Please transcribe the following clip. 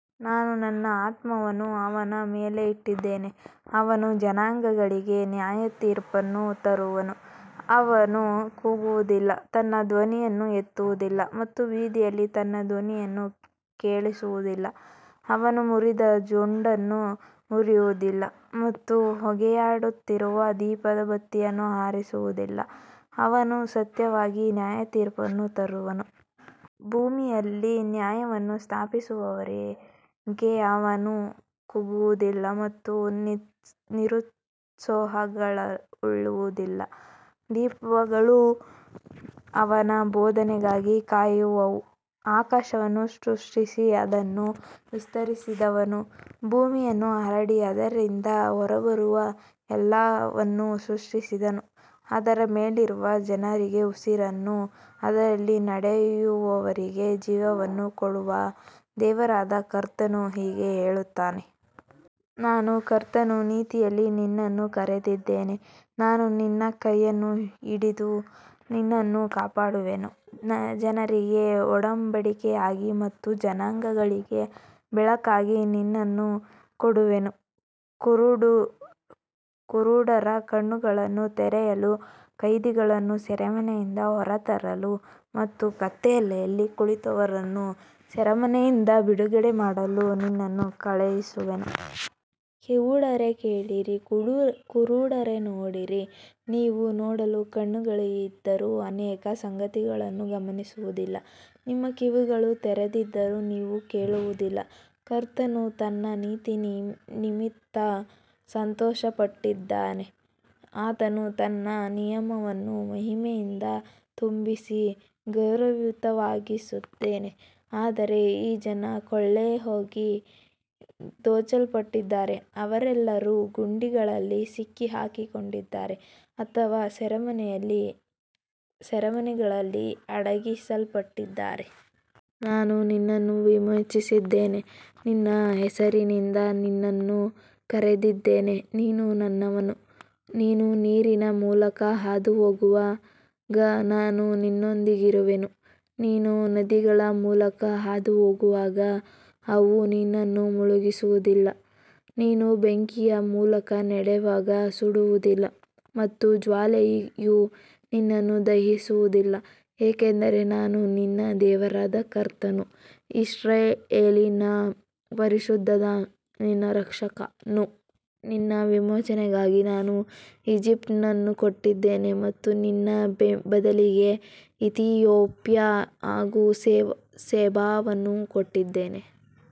ನಾನು ನನ್ನ ಆತ್ಮವನ್ನು ಅವನ ಮೇಲೆ ಇಟ್ಟಿದ್ದೇನೆ. ಅವನು ಜನಾಂಗಗಳಿಗೆ ನ್ಯಾಯತೀರ್ಪನ್ನು ತರುವನು. ಅವನು ಕೂಗುವುದಿಲ್ಲ, ತನ್ನ ಧ್ವನಿಯನ್ನು ಎತ್ತುವುದಿಲ್ಲ ಮತ್ತು ಬೀದಿಯಲ್ಲಿ ತನ್ನ ಧ್ವನಿಯನ್ನು ಕೇಳಿಸುವುದಿಲ್ಲ. ಅವನು ಮುರಿದ ಜೊಂಡನ್ನು ಮುರಿಯುವುದಿಲ್ಲ ಮತ್ತು ಹೊಗೆಯಾಡುತ್ತಿರುವ ದೀಪದ ಬತ್ತಿಯನ್ನು ಆರಿಸುವುದಿಲ್ಲ. ಅವನು ಸತ್ಯವಾಗಿ ನ್ಯಾಯತೀರ್ಪನ್ನು ತರುವನು. ಭೂಮಿಯಲ್ಲಿ ನ್ಯಾಯವನ್ನು ಸ್ಥಾಪಿಸುವವರೆಗೆ ಅವನು ಕುಗ್ಗುವುದಿಲ್ಲ ಮತ್ತು ನಿರುತ್ಸಾಹಗೊಳ್ಳುವುದಿಲ್ಲ. ದ್ವೀಪಗಳು ಅವನ ಬೋಧನೆಗಾಗಿ ಕಾಯುವವು. ಆಕಾಶವನ್ನು ಸೃಷ್ಟಿಸಿ ಅದನ್ನು ವಿಸ್ತರಿಸಿದವನು, ಭೂಮಿಯನ್ನು ಹರಡಿ ಅದರಿಂದ ಹೊರಬರುವ ಎಲ್ಲವನ್ನೂ ಸೃಷ್ಟಿಸಿದವನು, ಅದರ ಮೇಲಿರುವ ಜನರಿಗೆ ಉಸಿರನ್ನೂ ಅದರಲ್ಲಿ ನಡೆಯುವವರಿಗೆ ಜೀವವನ್ನೂ ಕೊಡುವ ದೇವರಾದ ಕರ್ತನು ಹೀಗೆ ಹೇಳುತ್ತಾನೆ. ನಾನು ಕರ್ತನು, ನೀತಿಯಲ್ಲಿ ನಿನ್ನನ್ನು ಕರೆದಿದ್ದೇನೆ. ನಾನು ನಿನ್ನ ಕೈ ಹಿಡಿದು ನಿನ್ನನ್ನು ಕಾಪಾಡುವೆನು. ಜನರಿಗೆ ಒಡಂಬಡಿಕೆಯಾಗಿ ಮತ್ತು ಜನಾಂಗಗಳಿಗೆ ಬೆಳಕಾಗಿ ನಿನ್ನನ್ನು ಕೊಡುವೆನು. ಕುರುಡು ಕುರುಡರ ಕಣ್ಣುಗಳನ್ನು ತೆರೆಯಲು, ಕೈದಿಗಳನ್ನು ಸೆರೆಮನೆಯಿಂದ ಹೊರಗೆ ತರಲು ಮತ್ತು ಕತ್ತಲೆಯಲ್ಲಿ ಕುಳಿತವರನ್ನು ಸೆರೆಮನೆಯಿಂದ ಬಿಡುಗಡೆ ಮಾಡಲು ನಿನ್ನನ್ನು ಕಳುಹಿಸುವೆನು. ಕಿವುಡರೇ, ಕೇಳಿರಿ. ಕುರುಡರೇ, ನೋಡಿರಿ. ನೀವು ನೋಡಲು ಕಣ್ಣುಗಳಿದ್ದರೂ ಅನೇಕ ಸಂಗತಿಗಳನ್ನು ಗಮನಿಸುವುದಿಲ್ಲ. ನಿಮ್ಮ ಕಿವಿಗಳು ತೆರೆದಿದ್ದರೂ ನೀವು ಕೇಳುವುದಿಲ್ಲ. ಕರ್ತನು ತನ್ನ ನೀತಿಯ ನಿಮಿತ್ತ ಸಂತೋಷಪಟ್ಟಿದ್ದಾನೆ. ಆತನು ತನ್ನ ನಿಯಮವನ್ನು ಮಹಿಮೆಯಿಂದ ತುಂಬಿಸಿ ಗೌರವಯುತವಾಗಿಸಿದ್ದಾನೆ. ಆದರೆ ಈ ಜನರು ಕೊಳ್ಳೆಹೋಗಿ ದೋಚಲ್ಪಟ್ಟಿದ್ದಾರೆ. ಅವರೆಲ್ಲರೂ ಗುಂಡಿಗಳಲ್ಲಿ ಸಿಕ್ಕಿಹಾಕಿಕೊಂಡಿದ್ದಾರೆ ಅಥವಾ ಸೆರೆಮನೆಗಳಲ್ಲಿ ಅಡಗಿಸಲ್ಪಟ್ಟಿದ್ದಾರೆ. ನಾನು ನಿನ್ನನ್ನು ವಿಮೋಚಿಸಿದ್ದೇನೆ. ನಿನ್ನ ಹೆಸರಿನಿಂದ ನಿನ್ನನ್ನು ಕರೆದಿದ್ದೇನೆ. ನೀನು ನನ್ನವನು. ನೀನು ನೀರಿನ ಮೂಲಕ ಹಾದುಹೋಗುವಾಗ ನಾನು ನಿನ್ನೊಂದಿಗಿರುವೆನು. ನೀನು ನದಿಗಳ ಮೂಲಕ ಹಾದುಹೋಗುವಾಗ ಅವು ನಿನ್ನನ್ನು ಮುಳುಗಿಸುವುದಿಲ್ಲ. ನೀನು ಬೆಂಕಿಯ ಮೂಲಕ ನಡೆಯುವಾಗ ಸುಡುವುದಿಲ್ಲ ಮತ್ತು ಜ್ವಾಲೆಯು ನಿನ್ನನ್ನು ದಹಿಸುವುದಿಲ್ಲ. ಏಕೆಂದರೆ ನಾನು ನಿನ್ನ ದೇವರಾದ ಕರ್ತನು, ಇಸ್ರಾಯೇಲಿನ ಪರಿಶುದ್ಧನು, ನಿನ್ನ ರಕ್ಷಕನು. ನಿನ್ನ ವಿಮೋಚನೆಗಾಗಿ ನಾನು ಈಜಿಪ್ಟನ್ನು ಕೊಟ್ಟಿದ್ದೇನೆ ಮತ್ತು ನಿನ್ನ ಬದಲಿಗೆ ಇಥಿಯೋಪ್ಯಾ ಹಾಗೂ ಸೆಬಾವನ್ನು ಕೊಟ್ಟಿದ್ದೇನೆ.